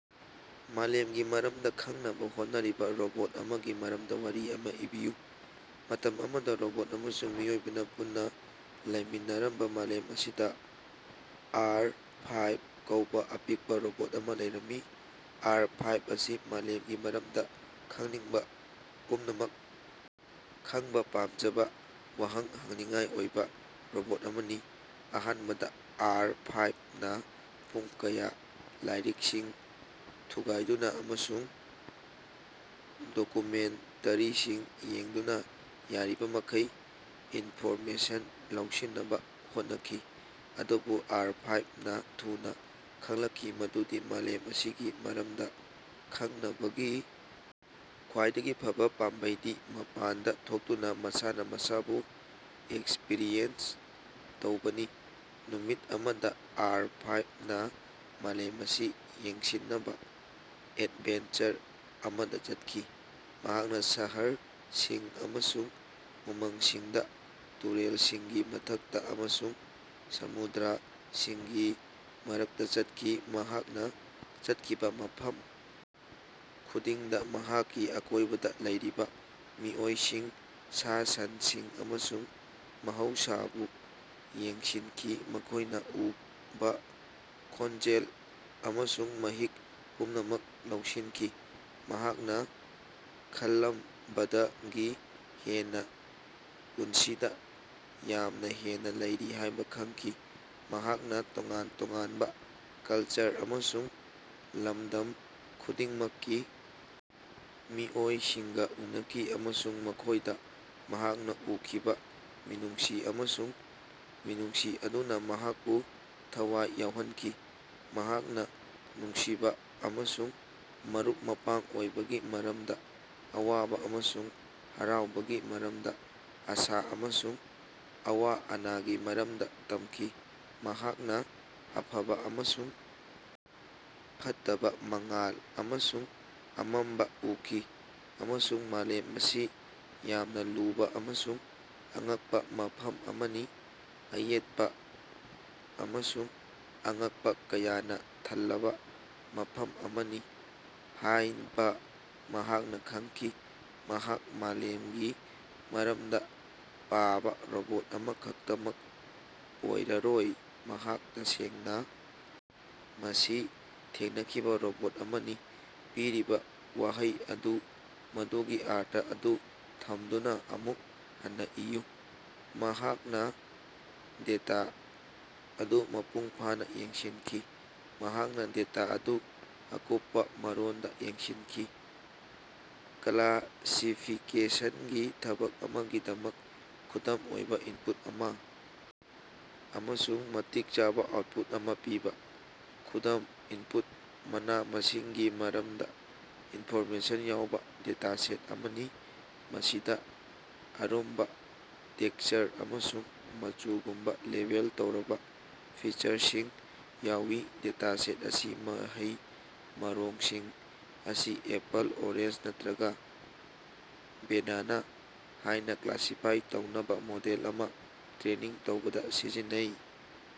ꯃꯥꯂꯦꯝꯒꯤ ꯃꯔꯝꯗ ꯈꯪꯅꯕ ꯍꯣꯠꯅꯔꯤꯕ ꯔꯣꯕꯣꯠ ꯑꯃꯒꯤ ꯃꯔꯝꯗ ꯋꯥꯔꯤ ꯑꯃ ꯏꯕꯤꯌꯨ꯫ ꯃꯇꯝ ꯑꯃꯗ ꯔꯣꯕꯣꯠ ꯑꯃꯁꯨꯡ ꯃꯤꯑꯣꯏꯕꯅ ꯄꯨꯟꯅ ꯂꯩꯃꯤꯟꯅꯔꯝꯕ ꯃꯥꯂꯦꯝ ꯑꯁꯤꯗ ꯑꯥꯔ ꯐꯥꯏꯞ ꯀꯧꯕ ꯑꯄꯤꯛꯄ ꯔꯣꯕꯣꯠ ꯑꯃ ꯂꯩꯔꯝꯃꯤ꯫ ꯑꯥꯔ ꯐꯥꯏꯞ ꯑꯁꯤ ꯃꯥꯂꯦꯝꯒꯤ ꯃꯔꯝꯗ ꯈꯪꯅꯤꯡꯕ ꯄꯨꯝꯅꯃꯛ ꯈꯪꯕ ꯄꯥꯝꯖꯕ ꯋꯥꯍꯪ ꯍꯪꯅꯤꯡꯉꯥꯏ ꯑꯣꯏꯕ ꯔꯣꯕꯣꯠ ꯑꯃꯅꯤ꯫ ꯑꯍꯥꯟꯕꯗ ꯑꯥꯔ ꯐꯥꯏꯞ ꯅ ꯄꯨꯡ ꯀꯌꯥ ꯂꯥꯏꯔꯤꯛꯁꯤꯡ ꯊꯨꯒꯥꯏꯗꯨꯅ ꯑꯃꯁꯨꯡ ꯗꯣꯀꯨꯃꯦꯟꯇꯔꯤꯁꯤꯡ ꯌꯦꯡꯗꯨꯅ ꯌꯥꯔꯤꯕꯃꯈꯩ ꯏꯟꯐꯣꯔꯃꯦꯁꯟ ꯂꯧꯁꯤꯟꯅꯕ ꯍꯣꯠꯅꯈꯤ꯫ ꯑꯗꯨꯕꯨ ꯑꯥꯔ ꯐꯥꯏꯞ ꯅ ꯊꯨꯅ ꯈꯪꯂꯛꯈꯤ ꯃꯗꯨꯗꯤ ꯃꯥꯂꯦꯝ ꯑꯁꯤꯒꯤ ꯃꯔꯝꯗ ꯈꯪꯅꯕꯒꯤ ꯈ꯭ꯋꯥꯏꯗꯒꯤ ꯐꯕ ꯄꯥꯝꯕꯩꯗꯤ ꯃꯄꯥꯟꯗ ꯊꯣꯛꯇꯨꯅ ꯃꯁꯥꯅ ꯃꯁꯥꯕꯨ ꯑꯦꯛꯁꯄꯔꯤꯃꯦꯟ ꯇꯧꯕꯅꯤ꯫ ꯅꯨꯃꯤꯠ ꯑꯃꯗ ꯑꯥꯔ ꯐꯥꯏꯞ ꯅ ꯃꯥꯂꯦꯝ ꯑꯁꯤ ꯌꯦꯡꯁꯤꯟꯅꯕ ꯑꯦꯠꯚꯦꯟꯆꯔ ꯑꯃꯗ ꯆꯠꯈꯤ꯫ ꯃꯍꯥꯛꯅ ꯁꯍꯔꯁꯤꯡ ꯑꯃꯁꯨꯡ ꯎꯃꯪꯁꯤꯡꯗ ꯇꯨꯔꯦꯜꯁꯤꯡꯒꯤ ꯃꯊꯛꯇ ꯑꯃꯁꯨꯡ ꯁꯃꯨꯗ꯭ꯔꯥꯁꯤꯡꯒꯤ ꯃꯔꯛꯇ ꯆꯠꯈꯤ꯫ ꯃꯍꯥꯛꯅ ꯆꯠꯈꯤꯕ ꯃꯐꯝ ꯈꯨꯗꯤꯡꯗ ꯃꯍꯥꯛꯀꯤ ꯑꯀꯣꯏꯕꯗ ꯂꯩꯔꯤꯕ ꯃꯤꯑꯣꯏꯁꯤꯡ ꯁꯥ ꯁꯟꯁꯤꯡ ꯑꯃꯁꯨꯡ ꯃꯍꯧꯁꯥꯕꯨ ꯌꯦꯡꯁꯤꯟꯈꯤ ꯃꯈꯣꯏꯅ ꯎꯕ ꯈꯣꯟꯖꯦꯜ ꯑꯃꯁꯨꯡ ꯃꯍꯤꯛ ꯄꯨꯝꯅꯃꯛ ꯂꯧꯁꯤꯟꯈꯤ꯫ ꯃꯍꯥꯛꯅ ꯈꯜꯂꯝꯕꯗꯒꯤ ꯍꯦꯟꯅ ꯄꯨꯟꯁꯤꯗ ꯌꯥꯝꯅ ꯍꯦꯟꯅ ꯂꯩꯔꯤ ꯍꯥꯏꯕ ꯈꯪꯈꯤ꯫ ꯃꯍꯥꯛꯅ ꯇꯣꯉꯥꯟ ꯇꯣꯉꯥꯟꯕ ꯀꯜꯆꯔ ꯑꯃꯁꯨꯡ ꯂꯝꯗꯝ ꯈꯨꯗꯤꯡꯃꯛꯀꯤ ꯃꯤꯑꯣꯏꯁꯤꯡꯒ ꯎꯅꯈꯤ ꯑꯃꯁꯨꯡ ꯃꯈꯣꯏꯗ ꯃꯍꯥꯛꯅ ꯎꯈꯤꯕ ꯃꯤꯅꯨꯡꯁꯤ ꯑꯃꯁꯨꯡ ꯃꯤꯅꯨꯡꯁꯤ ꯑꯗꯨꯅ ꯃꯍꯥꯛꯄꯨ ꯊꯋꯥꯏ ꯌꯥꯎꯍꯟꯈꯤ꯫ ꯃꯍꯥꯛꯅ ꯅꯨꯡꯁꯤꯕ ꯑꯃꯁꯨꯡ ꯃꯔꯨꯞ ꯃꯄꯥꯡ ꯑꯣꯏꯕꯒꯤ ꯃꯔꯝꯗ ꯑꯋꯥꯕ ꯑꯃꯁꯨꯡ ꯍꯔꯥꯎꯕꯒꯤ ꯃꯔꯝꯗ ꯑꯥꯁꯥ ꯑꯃꯁꯨꯡ ꯑꯋꯥ ꯑꯅꯥꯒꯤ ꯃꯔꯝꯗ ꯇꯝꯈꯤ꯫ ꯃꯍꯥꯛꯅ ꯑꯐꯕ ꯑꯃꯁꯨꯡ ꯐꯠꯇꯕ ꯃꯉꯥꯜ ꯑꯃꯁꯨꯡ ꯑꯃꯝꯕ ꯎꯈꯤ ꯑꯃꯁꯨꯡ ꯃꯥꯂꯦꯝ ꯑꯁꯤ ꯌꯥꯝꯅ ꯂꯨꯕ ꯑꯃꯁꯨꯡ ꯑꯉꯛꯄ ꯃꯐꯝ ꯑꯃꯅꯤ ꯑꯌꯦꯠꯄ ꯑꯃꯁꯨꯡ ꯑꯉꯛꯄ ꯀꯌꯥꯅ ꯊꯜꯂꯕ ꯃꯐꯝ ꯑꯃꯅꯤ ꯍꯥꯏꯕ ꯃꯍꯥꯛꯅ ꯈꯪꯈꯤ꯫ ꯃꯍꯥꯛ ꯃꯥꯂꯦꯝꯒꯤ ꯃꯔꯝꯗ ꯄꯥꯕ ꯔꯣꯕꯣꯠ ꯑꯃꯈꯛꯇꯃꯛ ꯑꯣꯏꯔꯔꯣꯏ ꯃꯍꯥꯛ ꯇꯁꯦꯡꯅ ꯃꯁꯤ ꯊꯦꯡꯅꯈꯤꯕ ꯔꯣꯕꯣꯠ ꯑꯃꯅꯤ꯫ ꯄꯤꯔꯤꯕ ꯋꯥꯍꯩ ꯑꯗꯨ ꯃꯗꯨꯒꯤ ꯑꯔꯊ ꯑꯗꯨ ꯊꯝꯗꯨꯅ ꯑꯃꯨꯛ ꯍꯟꯅ ꯏꯌꯨ꯫ ꯃꯍꯥꯛꯅ ꯗꯦꯇ ꯑꯗꯨ ꯃꯄꯨꯡ ꯐꯥꯅ ꯌꯦꯡꯁꯤꯡꯈꯤ꯫ ꯃꯍꯥꯛꯅ ꯗꯦꯇ ꯑꯗꯨ ꯑꯀꯨꯞꯄ ꯃꯔꯣꯟꯗ ꯌꯦꯡꯁꯤꯟꯈꯤ꯫ ꯀꯂꯥꯁꯤꯐꯤꯀꯦꯁꯟꯒꯤ ꯊꯕꯛ ꯑꯃꯒꯤꯗꯃꯛ ꯈꯨꯗꯝ ꯑꯣꯏꯕ ꯏꯟꯄꯨꯠ ꯑꯃ ꯑꯃꯁꯨꯡ ꯃꯇꯤꯛ ꯆꯥꯕ ꯑꯥꯎꯠꯄꯨꯠ ꯑꯃ ꯄꯤꯕ꯫ ꯈꯨꯗꯝ ꯏꯟꯄꯨꯠ ꯃꯅꯥ ꯃꯁꯤꯡꯒꯤ ꯃꯔꯝꯗ ꯏꯟꯐꯣꯔꯃꯦꯁꯟ ꯌꯥꯎꯕ ꯗꯦꯇꯥꯁꯦꯠ ꯑꯃꯅꯤ ꯃꯁꯤꯗ ꯑꯔꯨꯝꯕ ꯇꯦꯛꯁꯆꯔ ꯑꯃꯁꯨꯡ ꯃꯆꯨꯒꯨꯝꯕ ꯂꯦꯕꯦꯜ ꯇꯧꯔꯕ ꯐꯤꯆꯔꯁꯤꯡ ꯌꯥꯎꯏ꯫ ꯗꯦꯇꯥꯁꯦꯠ ꯑꯁꯤ ꯃꯍꯩ ꯃꯔꯣꯡꯁꯤꯡ ꯑꯁꯤ ꯑꯦꯄꯜ ꯑꯣꯔꯦꯟꯖ ꯅꯠꯇꯔꯒ ꯕꯦꯅꯥꯅ ꯍꯥꯏꯅ ꯀꯂꯥꯁꯤꯐꯥꯏ ꯇꯧꯅꯕ ꯃꯣꯗꯦꯜ ꯑꯃ ꯇꯔꯦꯅꯤꯡ ꯇꯧꯕꯗ ꯁꯤꯖꯤꯟꯅꯩ꯫